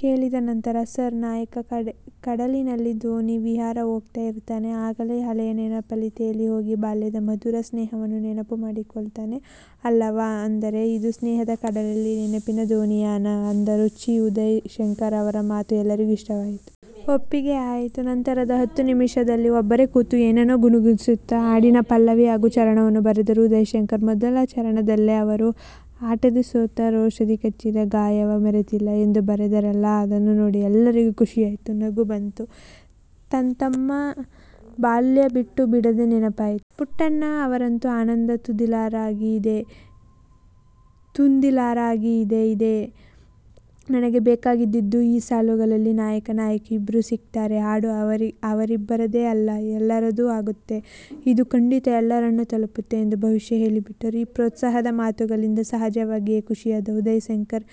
ಕೇಳಿದ ನಂತರ 'ಸಾರ್, ನಾಯಕ ಕಡಲಿನಲ್ಲಿ ದೋಣಿ ವಿಹಾರ ಹೋಗ್ತಾ ಇರ್ತಾನೆ. ಆಗಲೇ ಹಳೆಯ ನೆನಪಲ್ಲಿ ತೇಲಿ ಹೋಗಿ ಬಾಲ್ಯದ ಮಧುರ ಸ್ನೇಹವನ್ನು ನೆನಪು ಮಾಡಿಕೊಳ್ತಾನೆ ಅಲ್ಲವಾ? ಅಂದರೆ, ಇದು ಸ್ನೇಹದ ಕಡಲಲ್ಲಿ ನೆನಪಿನ ದೋಣಿಯಾನ. ಅಂದರು ಚಿ. ಉದಯಶಂಕರ್. ಅವರ ಮಾತು ಎಲ್ಲರಿಗೂ ಇಷ್ಟವಾಯಿತು. ಒಪ್ಪಿಗೆಯಾಯತು. ನಂತರದ ಹತ್ತು ನಿಮಿಷದಲ್ಲಿ ಒಬ್ಬರೇ ಕೂತು ಏನನ್ನೋ ಗುಣಗುಣಿಸುತ್ತಾ ಹಾಡಿನ ಪಲ್ಲವಿ ಹಾಗೂ ಚರಣವನ್ನು ಬರೆದರು ಉದಯಶಂಕರ್. ಮೊದಲ ಚರಣದಲ್ಲಿ ಅವರು-'ಆಟದೆ ಸೋತೂ ರೋಷದಿ ಕಚ್ಚಿದ ಗಾಯವ ಮರೆತಿಲ್ಲ' ಎಂದು ಬರೆದರಲ್ಲ? ಅದನ್ನು ನೋಡಿ ಎಲ್ಲರಿಗೂ ಖುಷಿಯಾಯಿತು. ನಗು ಬಂತು. ತಂತಮ್ಮ ಬಾಲ್ಯ ಬಿಟ್ಟೂ ಬಿಡದೆ ನೆನಪಾಯ್ತು. ಪುಟ್ಟಣ್ಣ ಅವರಂತೂ ಆನಂದ ತುಂದಿಲರಾಗಿ-ಇದೇ, ಇದೇ ನನಗೆ ಬೇಕಾಗಿದ್ದುದ್ದು. ಈ ಸಾಲುಗಳಲ್ಲಿ ನಾಯಕ-ನಾಯಕಿ ಇಬ್ರೂ ಸಿಕ್ತಾರೆ. ಹಾಡು ಅವರಿಬ್ಬರದೇ ಅಲ್ಲ, ಎಲ್ಲರದೂ ಆಗುತ್ತೆ. ಇದು ಖಂಡಿತ ಎಲ್ಲರನ್ನೂ ತಲುಪುತ್ತೆ ಎಂದು ಭವಿಷ್ಯ ಹೇಳಿಬಿಟ್ಟರು. ಈ ಪ್ರೋತ್ಸಾಹದ ಮಾತುಗಳಿಂದ ಸಹಜವಾಗಿಯೇ ಖುಷಿಯಾದ ಉದಯಶಂಕರ್,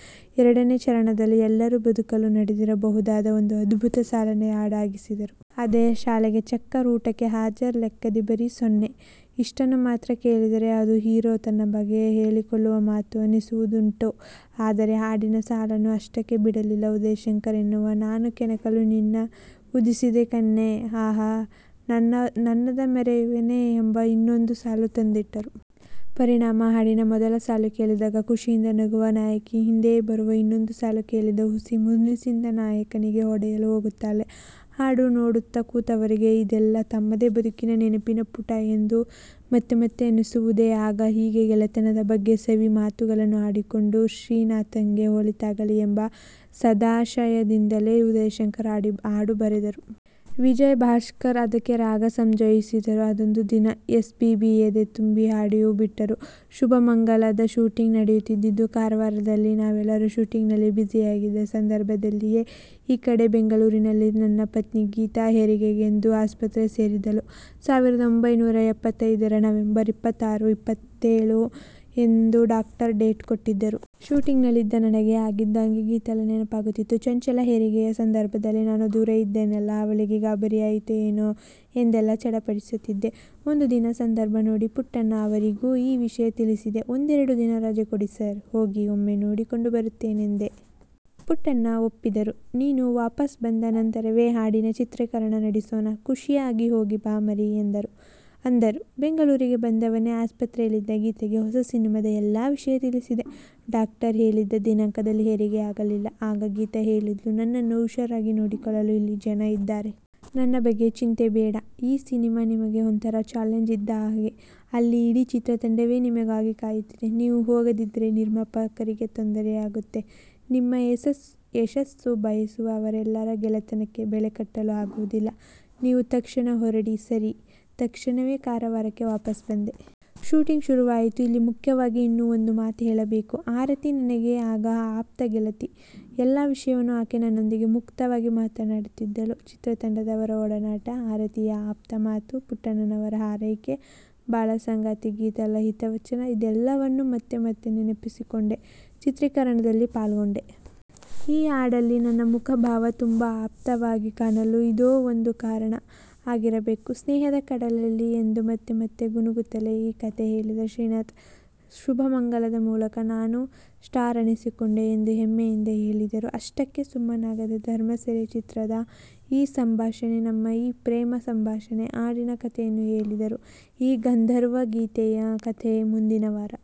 ಎರಡನೇ ಚರಣದಲ್ಲಿ ಎಲ್ಲರ ಬದುಕಲ್ಲೂ ನಡೆದಿರಬಹುದಾದ ಒಂದು ಅದ್ಭುತ ಸಾಲನ್ನೇ ಹಾಡಾಗಿಸಿದರು. ಅದೇ-ಶಾಲೆಗೆ ಚಕ್ಕರ್, ಊಟಕೆ ಹಾಜರ್ ಲೆಕ್ಕದಿ ಬರಿ ಸೊನ್ನೆ' ಇಷ್ಟನ್ನು ಮಾತ್ರ ಕೇಳಿದರೆ-ಅದು, ಹೀರೊ ತನ್ನ ಬಗ್ಗೆಯೇ ಹೇಳಿಕೊಳ್ಳುವ ಮಾತು ಅನ್ನಿಸುವುದುಂಟು. ಆದರೆ ಹಾಡಿನ ಸಾಲನ್ನು ಅಷ್ಟಕ್ಕೇ ಬಿಡಲಿಲ್ಲ ಉದಯಶಂಕರ್ ಎನ್ನುತ ನಾನು ಕೆಣಕಲು ನಿನ್ನ ಊದಿಸಿದೇ ಕೆನ್ನೆ, ಆಹಾ ನಾನದ ಮರೆಯುವೆನೇ ' ಎಂಬ ಇನ್ನೊಂದು ಸಾಲು ತಂದಿಟ್ಟರು. ಪರಿಣಾಮ, ಹಾಡಿನ ಮೊದಲ ಸಾಲು ಕೇಳಿದಾಗ ಖುಷಿಯಿಂದ ನಗುವ ನಾಯಕಿ ಹಿಂದೆಯೇ ಬರುವ ಇನ್ನೊಂದು ಸಾಲು ಕೇಳಿದಾಗ ಹುಸಿ ಮುನಿಸಿನಿಂದ ನಾಯಕನಿಗೆ ಹೊಡೆಯಲು ಹೋಗುತ್ತಾಳೆ. ಹಾಡು ನೋಡುತ್ತಾ ಕೂತವರಿಗೆ ಇದೆಲ್ಲಾ ತಮ್ಮದೇ ಬದುಕಿನ, ನೆನಪಿನ ಪುಟ ಎಂದು ಮತ್ತೆ ಮತ್ತೆ ಅನ್ನಿಸುವುದೇ ಆಗ. ಹೀಗೆ, ಗೆಳೆತನದ ಬಗ್ಗೆ ಸವಿ ಮಾತುಗಳನ್ನು ಆಡಿಕೊಂಡು, ಶ್ರೀನಾಥ್ಗೆ ಒಳಿತಾಗಲಿ, ಎಂಬ ಸದಾಶಯದಿಂದಲೇ ಉದಯಶಂಕರ್ ಹಾಡು ಬರೆದರು. ವಿಜಯಭಾಸ್ಕರ್ ಅದಕ್ಕೆ ರಾಗ ಸಂಯೋಜಿಸಿದರು. ಅದೊಂದು ದಿನ ಎಸ್ಪೀಬಿ-ಎದೆ ತುಂಬಿ ಹಾಡಿಯೂ ಬಿಟ್ಟರು. 'ಶುಭಮಂಗಳ'ದ ಶೂಟಿಂಗ್ ನಡೆಯುತ್ತಿದ್ದುದು ಕಾರವಾರದಲ್ಲಿ ನಾವೆಲ್ಲರೂ ಶೂಟಿಂಗ್ನಲ್ಲಿ 'ಬ್ಯುಸಿ'ಯಾಗಿದ್ದ ಸಂದರ್ಭದಲ್ಲಿಯೇ ಈ ಕಡೆ ಬೆಂಗಳೂರಿನಲ್ಲಿ ನನ್ನ ಪತ್ನಿ ಗೀತಾ, ಹೆರಿಗೆಗೆಂದು ಆಸ್ಪತ್ರೆ ಸೇರಿದ್ದಳು. ಸಾವಿರದ ಒಂಭೈನೂರ ಎಪ್ಪತ್ತೈದರ ನವೆಂಬರ್ ಇಪ್ಪತ್ತಾರು, ಇಪ್ಪತ್ತೆಳು ಎಂದು ಡಾಕ್ಟರು ಡೇಟ್ ಕೊಟ್ಟಿದ್ದರು. ಶೂಟಿಂಗ್ನಲ್ಲಿದ್ದ ನನಗೆ ಆಗಿಂದಾಗ್ಗೆ ಗೀತಾಳ ನೆನಪಾಗುತ್ತಿತ್ತು. ಚೊಚ್ಚಲು ಹೆರಿಗೆಯ ಸಂದರ್ಭದಲ್ಲಿ ನಾನು ದೂರ ಇದ್ದೇನಲ್ಲ? ಅವಳಿಗೆ ಗಾಬರಿಯಾಯ್ತೋ ಏನೋ ಎಂದೆಲ್ಲಾ ಚಡಪಡಿಸುತ್ತಿದ್ದೆ. ಒಂದು ದಿನ ಸಂದರ್ಭ ನೋಡಿ ಪುಟ್ಟಣ್ಣ ಅವರಿಗೂ ಈ ವಿಷಯ ತಿಳಿಸಿದೆ'. ಒಂದೆರಡು ದಿನ ರಜೆ ಕೊಡಿ ಸಾರ್, ಹೋಗಿ ಒಮ್ಮೆ ನೋಡಿಕೊಂಡು ಬರ್ತೇನೆ' ಎಂದೆ. ಪುಟ್ಟಣ್ಣ ಒಪ್ಪಿದರು. 'ನೀನು ವಾಪಸ್ ಬಂದ ನಂತರವೇ ಹಾಡಿನ ಚಿತ್ರೀಕರಣ ನಡೆಸೋಣ. ಖುಷಿಯಾಗಿ ಹೋಗಿ ಬಾ ಮರೀ' ಅಂದರು. ಬೆಂಗಳೂರಿಗೆ ಬಂದವನೇ ಆಸ್ಪತ್ರೆಯಲ್ಲಿದ್ದ ಗೀತಾಗೆ ಹೊಸ ಸಿನಿಮಾದ ಎಲ್ಲ ವಿಷಯ ತಿಳಿಸಿದೆ. ಡಾಕ್ಟರು ಹೇಳಿದ್ದ ದಿನಾಂಕದಲ್ಲಿ ಹೆರಿಗೆ ಆಗಲಿಲ್ಲ. ಆಗ ಗೀತಾ ಹೇಳಿದ್ಲು: 'ನನ್ನನ್ನು ಹುಷಾರಾಗಿ ನೋಡಿಕೊಳ್ಳಲು ಇಲ್ಲಿ ಜನ ಇದ್ದಾರೆ. ನನ್ನ ಬಗ್ಗೆ ಚಿಂತೆ ಬೇಡ. ಈ ಸಿನಿಮಾ ನಿಮಗೆ ಒಂಥರಾ ಛಾಲೆಂಜ್ ಇದ್ದ ಹಾಗೆ. ಅಲ್ಲಿ ಇಡೀ ಚಿತ್ರತಂಡವೇ ನಿಮಗಾಗಿ ಕಾಯುತ್ತಿದೆ. ನೀವು ಹೋಗದಿದ್ರೆ ನಿರ್ಮಾಪಕರಿಗೆ ತೊಂದರೆ ಆಗುತ್ತೆ. ನಿಮ್ಮ ಯಶಸ್ಸು ಬಯಸುವ ಅವರೆಲ್ಲರ ಗೆಳೆತನಕ್ಕೆ ಬೆಲೆ ಕಟ್ಟಲು ಆಗೋದಿಲ್ಲ. ನೀವು ತಕ್ಷಣ ಹೊರಡಿ' ಸರಿ, ತಕ್ಷಣವೇ ಕಾರವಾರಕ್ಕೆ ವಾಪಸ್ ಬಂದೆ. ಶೂಟಿಂಗ್ ಶುರುವಾಯಿತು. ಇಲ್ಲಿ ಮುಖ್ಯವಾಗಿ ಇನ್ನೂ ಒಂದು ಮಾತು ಹೇಳಬೇಕು. ಆರತಿ ನನಗೆ ಆಗ ಆಪ್ತ ಗೆಳತಿ. ಎಲ್ಲ ವಿಷಯವನ್ನೂ ಆಕೆ ನನ್ನೊಂದಿಗೆ ಮುಕ್ತವಾಗಿ ಮಾತಾಡುತ್ತಿದ್ದಳು. ಚಿತ್ರತಂಡದವರ ಒಡನಾಟ, ಆರತಿಯ ಆಪ್ತ ಮಾತು, ಪುಟ್ಟಣ್ಣನವರ ಹಾರೈಕೆ, ಬಾಳಸಂಗಾತಿ ಗೀತಾಳ ಹಿತವಚನ ಇದೆಲ್ಲವನ್ನೂ ಮತ್ತೆ ಮತ್ತೆ ನೆನಪಿಸಿಕೊಂಡೇ ಚಿತ್ರೀಕರಣದಲ್ಲಿ ಪಾಲ್ಗೊಂಡೆ. ಆ ಹಾಡಲ್ಲಿ ನನ್ನ ಮುಖಭಾವ ತುಂಬ ಆಪ್ತವಾಗಿ ಕಾಣಲು ಇದೂ ಒಂದು ಕಾರಣ ಆಗಿರಬೇಕು. 'ಸ್ನೇಹದ ಕಡಲಲ್ಲೀ' ಎಂದು ಮತ್ತೆ ಮತ್ತೆ ಗುನುಗುತ್ತಲೇ ಈ ಕಥೆ ಹೇಳಿದ ಶ್ರೀನಾಥ್, 'ಶುಭಮಂಗಳ'ದ ಮೂಲಕ ನಾನೂ 'ಸ್ಟಾರ್' ಅನ್ನಿಸಿಕೊಂಡೆ ಎಂದು ಹೆಮ್ಮೆಯಿಂದ ಹೇಳಿದರು. ಅಷ್ಟಕ್ಕೇ ಸುಮ್ಮನಾಗದೆ 'ಧರ್ಮಸೆರೆ' ಚಿತ್ರದ ' ಈ ಸಂಭಾಷಣೆ ನಮ್ಮ ಈ ಪ್ರೇಮ ಸಂಭಾಷಣೆ' ಹಾಡಿನ ಕಥೆಯನ್ನೂ ಹೇಳಿದರು. ಆ ಗಂಧರ್ವ ಗೀತೆಯ ಕಥೆ ಮುಂದಿನವಾರ.